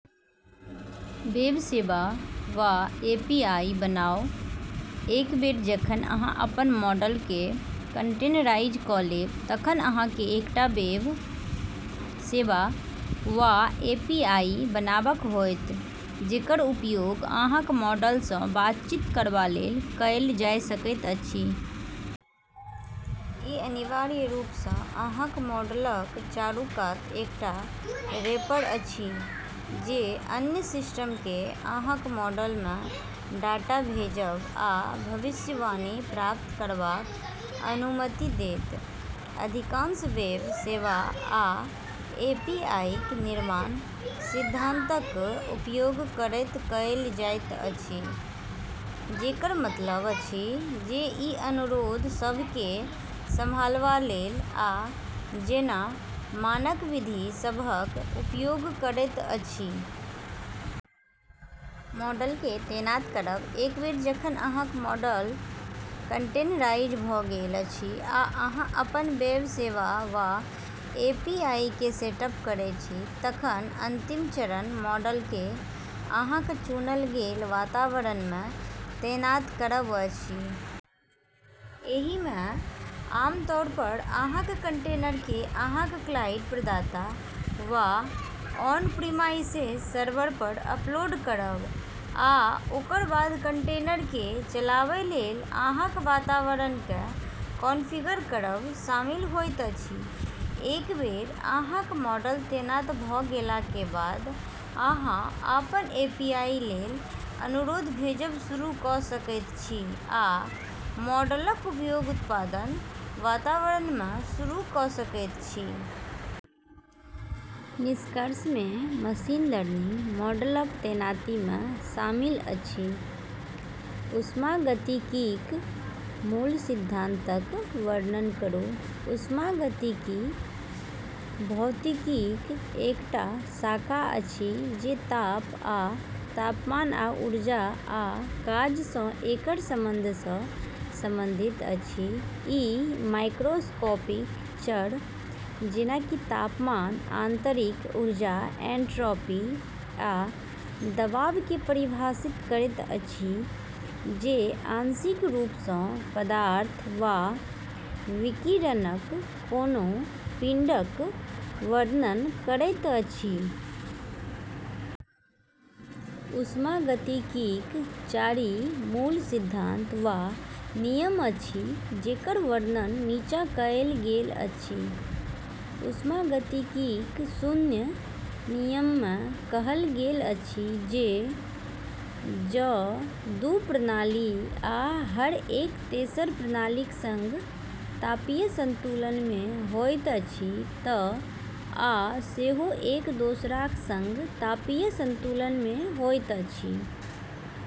Web सेवा वा API बनाउ एक बेर जखन अहाँ अपन मॉडलकेँ कंटेनराइज क’ लेब तखन अहाँकेँ एकटा वेब सेवा वा एपीआई बनाबक होयत जेकर उपयोग अहाँक मॉडल सँ बातचीत करबा लेल कएल जा सकैत अछि। ई अनिवार्य रूप सँ अहाँक मॉडलक चारू कात एकटा रैपर अछि जे अन्य सिस्टमकेँ अहाँक मॉडलमे डाटा भेजब आ भविष्यवाणी प्राप्त करबाक अनुमति देत। अधिकांश वेब सेवा आ एपीआईक निर्माण सिद्धांतक उपयोग करैत कएल जाइत अछि, जेकर मतलब अछि जे ई अनुरोध सभकेँ संभालबा लेल, आ जेना मानक विधि सभक उपयोग करैत अछि। मॉडलकेँ तैनात करब एक बेर जखन अहाँक मॉडल कंटेनराइज भ’ गेल अछि आ अहाँ अपन वेब सेवा वा एपीआईकेँ सेटअप करै छी, तखन अंतिम चरण मॉडलकेँ अहाँक चुनल गेल वातावरणमे तैनात करब अछि। एहिमे आमतौर पर अहाँक कंटेनरकेँ अहाँक क्लाउड प्रदाता वा ऑन प्रिमाइसेस सर्वर पर अपलोड करब, आ ओकर बाद कंटेनरकेँ चलाबै लेल अहाँक वातावरणकेँ कॉन्फ़िगर करब शामिल होइत अछि। एक बेर अहाँक मॉडल तैनात भ’ गेला के बाद, अहाँ अपन एपीआई लेल अनुरोध भेजब शुरू क’ सकैत छी, आ मॉडलक उपयोग उत्पादन वातावरणमे शुरू क’ सकैत छी। निष्कर्षमे, मशीन लर्निंग मॉडलक तैनातीमे शामिल अछि। ऊष्मागतिकीक मूल सिद्धांतक वर्णन करू। ऊष्मागतिकी भौतिकीक एकटा शाखा अछि जे ताप आ तापमान आ ऊर्जा आ काज सँ एकर संबंध सँ संबंधित अछि। ई मैक्रोस्कोपिक चर, जेना कि तापमान, आंतरिक ऊर्जा, एन्ट्रोपी, आ दबावकेँ परिभाषित करैत अछि, जे आंशिक रूप सँ पदार्थ वा विकिरणक कोनो पिंडक वर्णन करैत अछि। ऊष्मागतिकीक चारि मूल सिद्धांत वा नियम अछि, जेकर वर्णन नीचाँ कएल गेल अछि। ऊष्मागतिकीक शून्य नियममे कहल गेल अछि जे जँ दू प्रणाली, आ, हर एक तेसर प्रणालीक संग तापीय संतुलनमे होइत अछि, तँ आ सेहो एक दोसराक संग तापीय संतुलनमे होइत अछि।